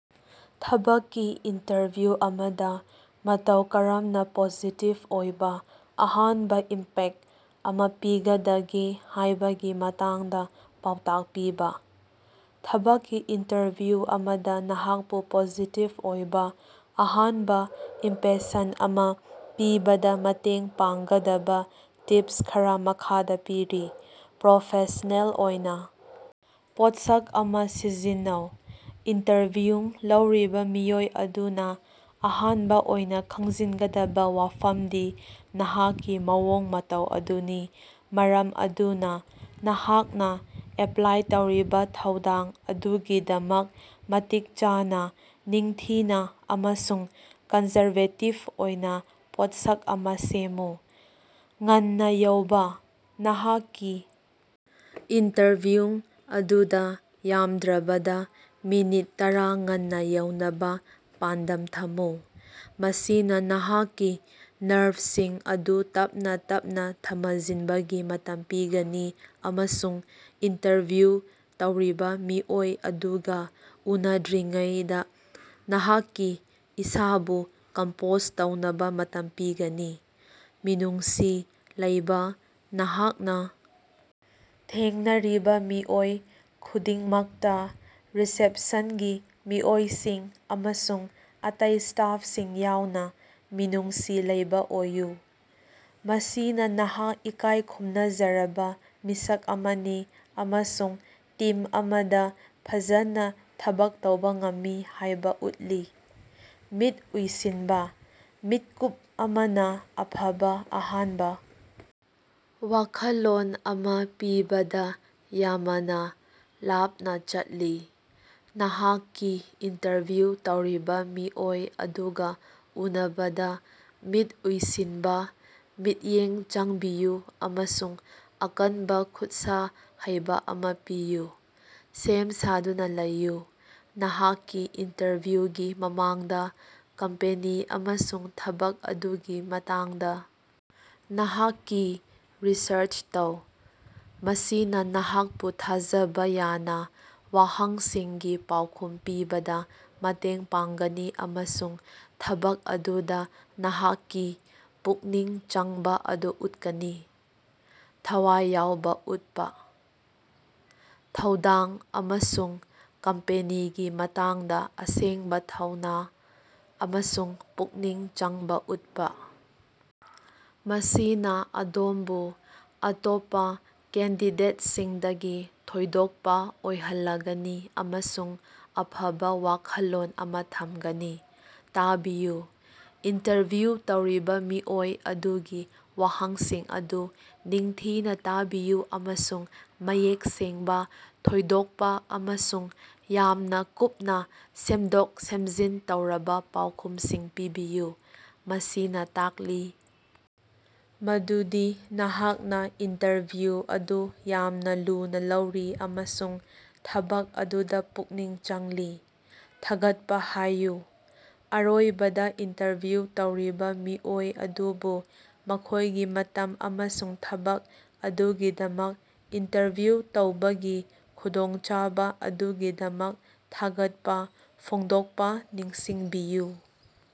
ꯊꯕꯛꯀꯤ ꯏꯟꯇꯔꯚ꯭ꯌꯨ ꯑꯃꯗ ꯃꯇꯧ ꯀꯔꯝꯅ ꯄꯣꯖꯤꯇꯤꯚ ꯑꯣꯏꯕ ꯑꯍꯥꯟꯕ ꯏꯝꯄꯦꯛꯇ ꯑꯃ ꯄꯤꯒꯗꯒꯦ ꯍꯥꯏꯕꯒꯤ ꯃꯇꯥꯡꯗ ꯄꯥꯎꯇꯥꯛ ꯄꯤꯕ꯫ ꯊꯕꯛꯀꯤ ꯏꯟꯇꯔꯚ꯭ꯌꯨ ꯑꯃꯗ ꯅꯍꯥꯛꯄꯨ ꯄꯣꯖꯤꯇꯤꯚ ꯑꯣꯏꯕ ꯑꯍꯥꯟꯕ ꯏꯝꯄꯦꯁꯟ ꯑꯃ ꯄꯤꯕꯗ ꯃꯇꯦꯡ ꯄꯥꯡꯒꯗꯕ ꯇꯤꯞꯁ ꯈꯔ ꯃꯈꯥꯗ ꯄꯤꯔꯤ: ꯄ꯭ꯔꯣꯐꯦꯁꯅꯦꯜ ꯑꯣꯏꯅ ꯄꯣꯠꯁꯛ ꯑꯃ ꯁꯤꯖꯤꯟꯅꯧ: ꯏꯟꯇꯔꯚꯤꯎ ꯂꯧꯔꯤꯕ ꯃꯤꯑꯣꯏ ꯑꯗꯨꯅ ꯑꯍꯥꯟꯕ ꯑꯣꯏꯅ ꯈꯪꯖꯤꯟꯒꯗꯕ ꯋꯥꯐꯝꯗꯤ ꯅꯍꯥꯛꯀꯤ ꯃꯑꯣꯡ-ꯃꯇꯧ ꯑꯗꯨꯅꯤ, ꯃꯔꯝ ꯑꯗꯨꯅ ꯅꯍꯥꯛꯅ ꯑꯦꯄ꯭ꯂꯥꯏ ꯇꯧꯔꯤꯕ ꯊꯧꯗꯥꯡ ꯑꯗꯨꯒꯤꯗꯃꯛ ꯃꯇꯤꯛ ꯆꯥꯅ, ꯅꯤꯡꯊꯤꯅ ꯑꯃꯁꯨꯡ ꯀꯟꯖꯔꯕꯦꯇꯤꯚ ꯑꯣꯏꯅ ꯄꯣꯠꯁꯛ ꯑꯃ ꯁꯦꯝꯃꯨ꯫ ꯉꯟꯅ ꯌꯧꯕ: ꯅꯍꯥꯛꯀꯤ ꯏꯟꯇꯔꯚꯤꯎ ꯑꯗꯨꯗ ꯌꯥꯝꯗ꯭ꯔꯕꯗ ꯃꯤꯅꯤꯠ ꯇꯔꯥ ꯉꯟꯅ ꯌꯧꯅꯕ ꯄꯥꯟꯗꯝ ꯊꯝꯃꯨ꯫ ꯃꯁꯤꯅ ꯅꯍꯥꯛꯀꯤ ꯅꯔꯚꯁꯤꯡ ꯑꯗꯨ ꯇꯞꯅꯥ ꯇꯞꯅꯥ ꯊꯃꯖꯤꯟꯕꯒꯤ ꯃꯇꯝ ꯄꯤꯒꯅꯤ ꯑꯃꯁꯨꯡ ꯏꯟꯇꯔꯚ꯭ꯌꯨ ꯇꯧꯔꯤꯕ ꯃꯤꯑꯣꯏ ꯑꯗꯨꯒ ꯎꯅꯗ꯭ꯔꯤꯉꯩꯗ ꯅꯍꯥꯛꯀꯤ ꯏꯁꯥꯕꯨ ꯀꯝꯄꯣꯖ ꯇꯧꯅꯕ ꯃꯇꯝ ꯄꯤꯒꯅꯤ꯫ ꯃꯤꯅꯨꯡꯁꯤ ꯂꯩꯕ: ꯅꯍꯥꯛꯅ ꯊꯦꯡꯅꯔꯤꯕ ꯃꯤꯑꯣꯏ ꯈꯨꯗꯤꯡꯃꯛꯇ, ꯔꯤꯁꯦꯞꯁꯟꯒꯤ ꯃꯤꯑꯣꯏꯁꯤꯡ ꯑꯃꯁꯨꯡ ꯑꯇꯩ ꯁ꯭ꯇꯥꯐꯁꯤꯡ ꯌꯥꯎꯅ, ꯃꯤꯅꯨꯡꯁꯤ ꯂꯩꯕ ꯑꯣꯏꯌꯨ꯫ ꯃꯁꯤꯅ ꯅꯍꯥꯛ ꯏꯀꯥꯏ ꯈꯨꯝꯅꯖꯔꯕ ꯃꯤꯁꯛ ꯑꯃꯅꯤ ꯑꯃꯁꯨꯡ ꯇꯤꯝ ꯑꯃꯗ ꯐꯖꯅ ꯊꯕꯛ ꯇꯧꯕ ꯉꯝꯃꯤ ꯍꯥꯏꯕ ꯎꯠꯂꯤ꯫ ꯃꯤꯠ ꯎꯏꯁꯤꯟꯕ: ꯃꯤꯠꯀꯨꯞ ꯑꯃꯅ ꯑꯐꯕ ꯑꯍꯥꯟꯕ ꯋꯥꯈꯜꯂꯣꯟ ꯑꯃ ꯄꯤꯕꯗ ꯌꯥꯃꯅ ꯂꯥꯞꯅ ꯆꯠꯂꯤ꯫ ꯅꯍꯥꯛꯀꯤ ꯏꯟꯇꯔꯚ꯭ꯌꯨ ꯇꯧꯔꯤꯕ ꯃꯤꯑꯣꯏ ꯑꯗꯨꯒ ꯎꯅꯕꯗ ꯃꯤꯠ ꯎꯏꯁꯤꯟꯕ, ꯃꯤꯠꯌꯦꯡ ꯆꯪꯕꯤꯌꯨ ꯑꯃꯁꯨꯡ ꯑꯀꯟꯕ ꯈꯨꯠꯁ ꯍꯩꯕ ꯑꯃ ꯄꯤꯌꯨ꯫ ꯁꯦꯝ ꯁꯥꯗꯨꯅ ꯂꯩꯌꯨ: ꯅꯍꯥꯛꯀꯤ ꯏꯟꯇꯔꯚ꯭ꯌꯨꯒꯤ ꯃꯃꯥꯡꯗꯥ ꯀꯝꯄꯦꯅꯤ ꯑꯃꯁꯨꯡ ꯊꯕꯛ ꯑꯗꯨꯒꯤ ꯃꯇꯥꯡꯗ ꯅꯍꯥꯛꯀꯤ ꯔꯤꯁꯔꯆ ꯇꯧ꯫ ꯃꯁꯤꯅ ꯅꯍꯥꯛꯄꯨ ꯊꯥꯖꯕ ꯌꯥꯅ ꯋꯥꯍꯪꯁꯤꯡꯒꯤ ꯄꯥꯎꯈꯨꯝ ꯄꯤꯕꯗ ꯃꯇꯦꯡ ꯄꯥꯡꯒꯅꯤ ꯑꯃꯁꯨꯡ ꯊꯕꯛ ꯑꯗꯨꯗ ꯅꯍꯥꯛꯀꯤ ꯄꯨꯛꯅꯤꯡ ꯆꯪꯕ ꯑꯗꯨ ꯎꯠꯀꯅꯤ꯫ ꯊꯋꯥꯏ ꯌꯥꯎꯕ ꯎꯠꯄ: ꯊꯧꯗꯥꯡ ꯑꯃꯁꯨꯡ ꯀꯝꯄꯦꯅꯤꯒꯤ ꯃꯇꯥꯡꯗ ꯑꯁꯦꯡꯕ ꯊꯧꯅ ꯑꯃꯁꯨꯡ ꯄꯨꯛꯅꯤꯡ ꯆꯪꯕ ꯎꯠꯄ꯫ ꯃꯁꯤꯅ ꯑꯗꯣꯝꯕꯨ ꯑꯇꯣꯞꯄ ꯀꯦꯟꯗꯤꯗꯦꯠꯁꯤꯡꯗꯒꯤ ꯊꯣꯏꯗꯣꯛꯄ ꯑꯣꯏꯍꯜꯂꯒꯅꯤ ꯑꯃꯁꯨꯡ ꯑꯐꯕ ꯋꯥꯈꯜꯂꯣꯟ ꯑꯃ ꯊꯝꯒꯅꯤ꯫ ꯇꯥꯕꯤꯌꯨ: ꯏꯟꯇꯔꯚ꯭ꯌꯨ ꯇꯧꯔꯤꯕ ꯃꯤꯑꯣꯏ ꯑꯗꯨꯒꯤ ꯋꯥꯍꯪꯁꯤꯡ ꯑꯗꯨ ꯅꯤꯡꯊꯤꯅ ꯇꯥꯕꯤꯌꯨ ꯑꯃꯁꯨꯡ ꯃꯌꯦꯛ ꯁꯦꯡꯕ, ꯊꯣꯏꯗꯣꯛꯄ ꯑꯃꯁꯨꯡ ꯌꯥꯝꯅ ꯀꯨꯞꯅ ꯁꯦꯝꯗꯣꯛ-ꯁꯦꯝꯖꯤꯟ ꯇꯧꯔꯕ ꯄꯥꯎꯈꯨꯝꯁꯤꯡ ꯄꯤꯕꯤꯌꯨ꯫ ꯃꯁꯤꯅ ꯇꯥꯛꯂꯤ ꯃꯗꯨꯗꯤ ꯅꯍꯥꯛꯅ ꯏꯟꯇꯔꯚ꯭ꯌꯨ ꯑꯗꯨ ꯌꯥꯝꯅ ꯂꯨꯅ ꯂꯧꯔꯤ ꯑꯃꯁꯨꯡ ꯊꯕꯛ ꯑꯗꯨꯗ ꯄꯨꯛꯅꯤꯡ ꯆꯪꯂꯤ꯫ ꯊꯥꯒꯠꯄ ꯍꯥꯏꯌꯨ: ꯑꯔꯣꯏꯕꯗ ꯏꯟꯇꯔꯚ꯭ꯌꯨ ꯇꯧꯔꯤꯕ ꯃꯤꯑꯣꯏ ꯑꯗꯨꯕꯨ ꯃꯈꯣꯏꯒꯤ ꯃꯇꯝ ꯑꯃꯁꯨꯡ ꯊꯕꯛ ꯑꯗꯨꯒꯤꯗꯃꯛ ꯏꯟꯇꯔꯚ꯭ꯌꯨ ꯇꯧꯕꯒꯤ ꯈꯨꯗꯣꯡꯆꯥꯕ ꯑꯗꯨꯒꯤꯗꯃꯛ ꯊꯥꯒꯠꯄ ꯐꯣꯡꯗꯣꯛꯄ ꯅꯤꯡꯁꯤꯡꯕꯤꯌꯨ꯫